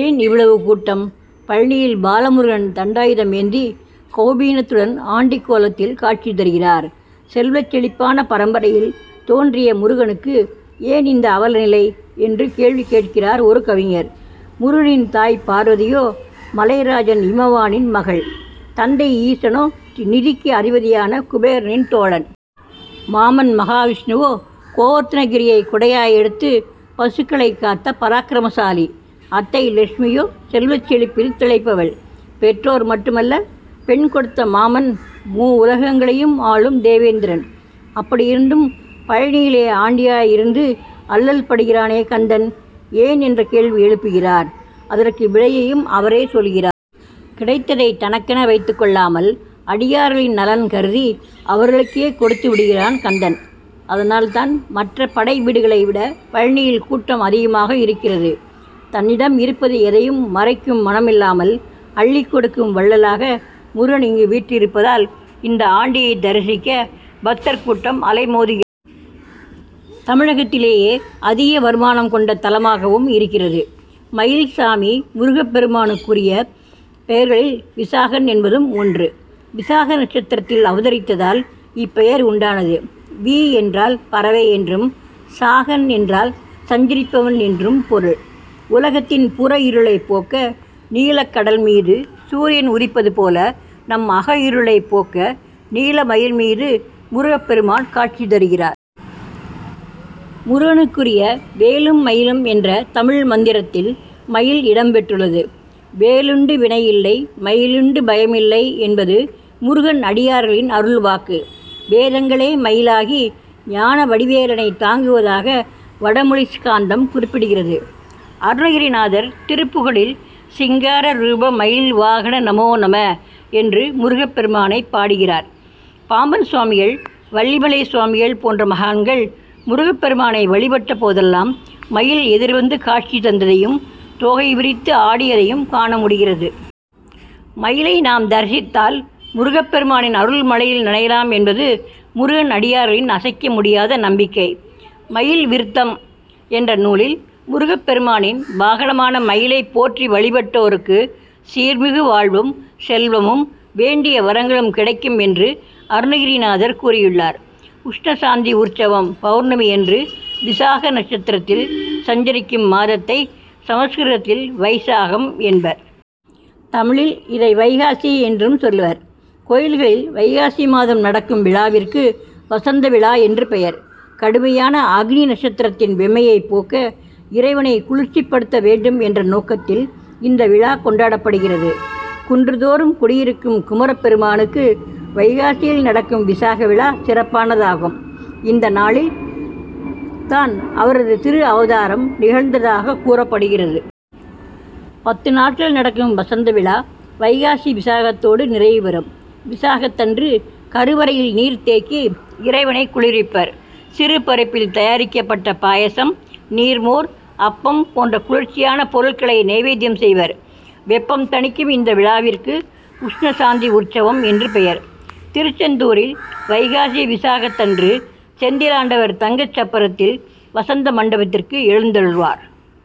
ஏன் இவ்வளவு கூட்டம்? பழநியில் பாலமுருகன் தண்டாயுதம் ஏந்தி கவுபீனத்துடன் ஆண்டிக்கோலத்தில் காட்சி தருகிறார். செல்வச்செழிப்பான பரம்பரையில் தோன்றிய முருகனுக்கு ஏன் இந்த அவலநிலை என்று கேள்வி கேட்கிறார் ஒரு கவிஞர். முருகனின் தாய் பார்வதியோ மலைராஜன் இமவானின் மகள். தந்தை ஈசனோ நிதிக்கு அதிபதியான குபேரனின் தோழன். மாமன் மகாவிஷ்ணுவோ கோவர்த்தனகிரியை குடையாய் எடுத்து பசுக்களைக் காத்த பராக்கிரமசாலி. அத்தை லட்சுமியோ செல்வச் செழிப்பில் திளைப்பவள். பெற்றோர் மட்டுமல்ல. பெண் கொடுத்த மாமன் மூவுலகங்களையும் ஆளும் தேவேந்திரன். அப்படியிருந்தும் பழநியிலே ஆண்டியாய் இருந்து அல்லல்படுகிறானே கந்தன், ஏன் என்ற கேள்வி எழுப்புகிறார். அதற்கு விடையையும் அவரே சொல்கிறார். கிடைத்ததை தனக்கென வைத்துக் கொள்ளாமல் அடியார்களின் நலன் கருதி அவர்களுக்கே கொடுத்து விடுகிறான் கந்தன். அதனால் தான் மற்ற படைவீடுகளை விட பழநியில் கூட்டம் அதிகமாக இருக்கிறது. தன்னிடம் இருப்பது எதையும் மறைக்கும் மனமில்லாமல் அள்ளிக் கொடுக்கும் வள்ளலாக முருகன் இங்கு வீற்றிருப்பதால், இந்த ஆண்டியைத் தரிசிக்க பக்தர் கூட்டம் அலைமோதுகிறது. தமிழகத்திலேயே அதிக வருமானம் கொண்ட தலமாகவும் இருக்கிறது. மயில் சாமி முருகப்பெருமானுக்குரிய பெயர்களில் விசாகன் என்பதும் ஒன்று. விசாக நட்சத்திரத்தில் அவதரித்ததால் இப்பெயர் உண்டானது. வி என்றால் பறவை என்றும், சாகன் என்றால் சஞ்சரிப்பவன் என்றும் பொருள். உலகத்தின் புறஇருளைப் போக்க நீலக்கடல் மீது சூரியன் உதிப்பதுபோல, நம் அகஇருளைப் போக்க நீலமயில் மீது முருகப்பெருமான் காட்சி தருகிறார். முருகனுக்குரிய வேலுமயிலும் என்ற தமிழ் மந்திரத்தில் மயில் இடம்பெற்றுள்ளது. வேலுண்டு வினையில்லை! மயிலுண்டு பயமில்லை! என்பது முருகனடியார்களின் அருள்வாக்கு. வேதங்களே மயிலாகி ஞானவடிவேலனைத் தாங்குவதாக வடமொழி ஸ்காந்தம் குறிப்பிடுகிறது. அருணகிரிநாதர் திருப்புகழில் சிங்கார ரூப மயில் வாகன நமோ நம என்று முருகப்பெருமானைப் பாடுகிறார். பாம்பன் சுவாமிகள், வள்ளிமலை சுவாமிகள் போன்ற மகான்கள் முருகப்பெருமானை வழிபட்டபோதெல்லாம், மயில் எதிர்வந்து காட்சி தந்ததையும், தோகை விரித்தாடியதையும் காணமுடிகிறது. மயிலை நாம் தரிசித்தால் முருகப்பெருமானின் அருள்மழையில் நனையலாம் என்பது முருகனடியார்களின் அசைக்க முடியாத நம்பிக்கை. மயில் விருத்தம் என்ற நூலில் முருகப்பெருமானின் வாகனமான மயிலைப் போற்றி வழிபட்டோருக்கு சீர்மிகு வாழ்வும், செல்வமும், வேண்டிய வரங்களும் கிடைக்கும் என்று அருணகிரிநாதர் கூறியுள்ளார். உஷ்ணசாந்தி உற்சவம் பவுர்ணமியன்று விசாக நட்சத்திரத்தில் சஞ்சரிக்கும் மாதத்தை, சமஸ்கிருதத்தில் வைசாகம் என்பர். தமிழில் இதை வைகாசி என்று சொல்வர். கோயில்களில் வைகாசி மாதம் நடக்கும் விழாவிற்கு வசந்தவிழா என்று பெயர். கடுமையான அக்னிநட்சத்திரத்தின் வெம்மையைப் போக்க, இறைவனை குளிர்ச்சிப்படுத்த வேண்டும் என்ற நோக்கத்தில் இந்த விழா கொண்டாடப்படுகிறது. குன்றுதோறும் குடியிருக்கும் குமரப்பெருமானுக்கு வைகாசியில் நடக்கும் விசாகவிழா சிறப்பானதாகும். இந்தநாளில் தான் அவரது திருஅவதாரம் நிகழ்ந்ததாகக் கூறப்படுகிறது. பத்துநாட்கள் நடக்கும் வசந்தவிழா வைகாசி விசாகத்தோடு நிறைவுபெறும். விசாகத்தன்று, கருவறையில் நீர்தேக்கி இறைவனை குளிர்விப்பர். சிறுபருப்பில் தயாரிக்கப்பட்ட பாயாசம், நீர்மோர், அப்பம் போன்ற குளிர்ச்சியான பொருட்களை நைவேத்யம் செய்வர். வெப்பம் தணிக்கும் இந்த விழாவிற்கு உஷ்ணசாந்தி உற்சவம் என்று பெயர். திருச்செந்தூரில் வைகாசிவிசாகத்தன்று செந்திலாண்டவர் தங்கச்சப்பரத்தில் வசந்தமண்டபத்திற்கு எழுந்தருள்வார். அங்கு